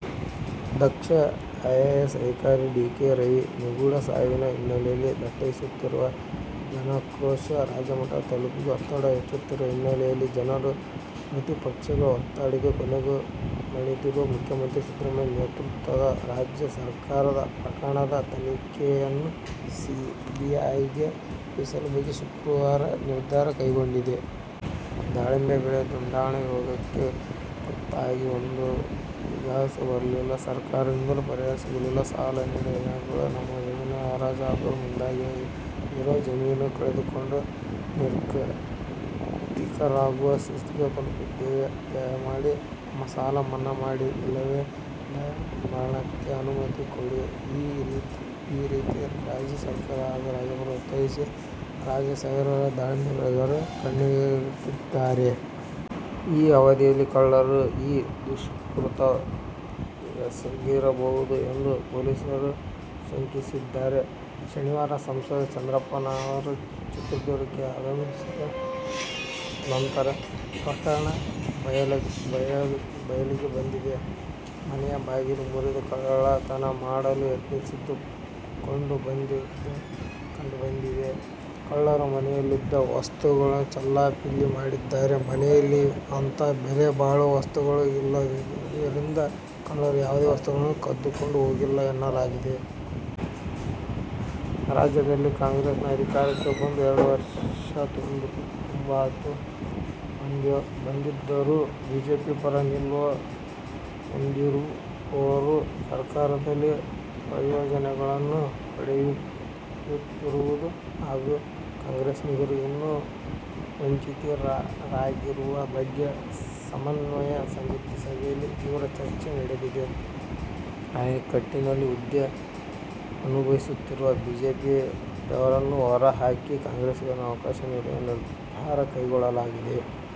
ದಕ್ಷ IAS ಅಧಿಕಾರಿ D. K. Ravi ನಿಗೂಢ ಸಾವಿನ ಹಿನ್ನೆಲೆಯಲ್ಲಿ ದಟ್ಟೈಸುತ್ತಿರುವ ಜನಾಕ್ರೋಶ ರಾಷ್ಟ್ರಮಟ್ಟ ತಲುಪಿ ಒತ್ತಡ ಹೆಚ್ಚುತ್ತಿರುವ ಹಿನ್ನೆಲೆಯಲ್ಲಿ ಜನರ, ಪ್ರತಿಪಕ್ಷಗಳ ಒತ್ತಡಕ್ಕೆ ಕೊನೆಗೂ ಮಣಿದಿರುವ ಮುಖ್ಯಮಂತ್ರಿ ಸಿದ್ದರಾಮಯ್ಯ ನೇತೃತ್ವದ ರಾಜ್ಯ ಸರ್ಕಾರ ಪ್ರಕರಣದ ತನಿಖೆಯನ್ನು ಸಿಬಿಐಗೆ ಒಪ್ಪಿಸುವ ಬಗ್ಗೆ ಶುಕ್ರವಾರ ನಿರ್ಧಾರ ಕೈಗೊಂಡಿದೆ. ದಾಳಿಂಬೆ ಬೆಳೆ "ದುಂಡಾಣು' ರೋಗಕ್ಕೆ ತುತ್ತಾಗಿ ಒಂದು ಬಿಡಿಗಾಸೂ ಬರಲಿಲ್ಲ. ಸರ್ಕಾರದಿಂದಲೂ ಪರಿಹಾರ ಸಿಗಲಿಲ್ಲ. ಸಾಲ ನೀಡಿದ್ದ ಬ್ಯಾಂಕುಗಳು ನಮ್ಮ ಜಮೀನು ಹರಾಜು ಹಾಕಲು ಮುಂದಾಗಿವೆ. ಇರೋ ಜಮೀನು ಕಳೆದುಕೊಂಡು ನಿರ್ಗತಿಕರಾಗುವ ಸ್ಥಿತಿಗೆ ತಲುಪಿದ್ದೇವೆ. ದಯಮಾಡಿ ನಮ್ಮ ಸಾಲ ಮನ್ನಾ ಮಾಡಿ, ಇಲ್ಲವೇ ದಯಾಮರಣಕ್ಕೆ ಅನುಮತಿ ಕೊಡಿಈ ರೀತಿ ರಾಜ್ಯ ಸರ್ಕಾರ ಹಾಗೂ ರಾಜ್ಯಪಾಲರನ್ನು ಒತ್ತಾಯಿಸಿ ರಾಜ್ಯದ ಸಾವಿರಾರು ದಾಳಿಂಬೆ ಬೆಳಗಾರರು ಕಣ್ಣೀರಿಡುತ್ತಿದ್ದಾರೆ. ಈ ಅವಧಿಯಲ್ಲಿ ಕಳ್ಳರು ಈ ದುಷ್ಕೃತ್ಯ ಎಸಗಿರಬಹುದು ಎಂದು ಪೊಲೀಸರು ಶಂಕಿಸಿದ್ದಾರೆ. ಶನಿವಾರ ಸಂಸದ ಚಂದ್ರಪ್ಪನವರು ಚಿತ್ರದುರ್ಗಕ್ಕೆ ಆಗಮಿಸಿದ ನಂತರ ಪ್ರಕರಣ ಬಯಲಿಗೆ ಬಂದಿದೆ. ಮನೆಯ ಬಾಗಿಲು ಮುರಿದು ಕಳ್ಳತನ ಮಾಡಲು ಯತ್ನಿಸಿದ್ದು ಕಂಡು ಬಂದಿದೆ. ಕಳ್ಳರು ಮನೆಯಲ್ಲಿದ್ದ ವಸ್ತುಗಳನ್ನು ಚೆಲ್ಲಾಪಿಲ್ಲಿ ಮಾಡಿದ್ದಾರೆ. ಮನೆಯಲ್ಲಿ ಅಂತಹ ಬೆಲೆ ಬಾಳುವ ವಸ್ತುಗಳು ಇಲ್ಲದ್ದರಿಂದ ಕಳ್ಳರು ಯಾವುದೇ ವಸ್ತುಗಳನ್ನು ಕದ್ದುಕೊಂಡು ಹೋಗಿಲ್ಲ ಎನ್ನಲಾಗಿದೆ. ರಾಜ್ಯದಲ್ಲಿ ಕಾಂಗ್ರೆಸ್ ಅಧಿಕಾರಕ್ಕೆ ಬಂದು ಎರಡು ವರ್ಷ ತುಂಬುತ್ತಾ ಬಂದಿದ್ದರೂ ಬಿಜೆಪಿ ಪರ ನಿಲುವು ಹೊಂದಿರುವವರು ಸರ್ಕಾರದಲ್ಲಿ ಪ್ರಯೋಜನಗಳನ್ನು ಪಡೆಯುತ್ತಿರುವುದು ಹಾಗೂ ಕಾಂಗ್ರೆಸ್ಸಿಗರು ಇನ್ನೂ ವಂಚಿತರಾಗಿರುವ ಬಗ್ಗೆ ಸಮನ್ವಯ ಸಮಿತಿ ಸಭೆಯಲ್ಲಿ ತೀವ್ರ ಚರ್ಚೆ ನಡೆದಿದೆ. ಆಯಕಟ್ಟಿನ ಹುದ್ದೆ ಅನುಭವಿಸುತ್ತಿರುವ ಬಿಜೆಪಿಯವರನ್ನು ಹೊರ ಹಾಕಿ, ಕಾಂಗ್ರೆಸ್ಸಿಗರಿಗೆ ಅವಕಾಶ ನೀಡುವ ನಿರ್ಧಾರ ಕೈಗೊಳ್ಳಲಾಗಿದೆ.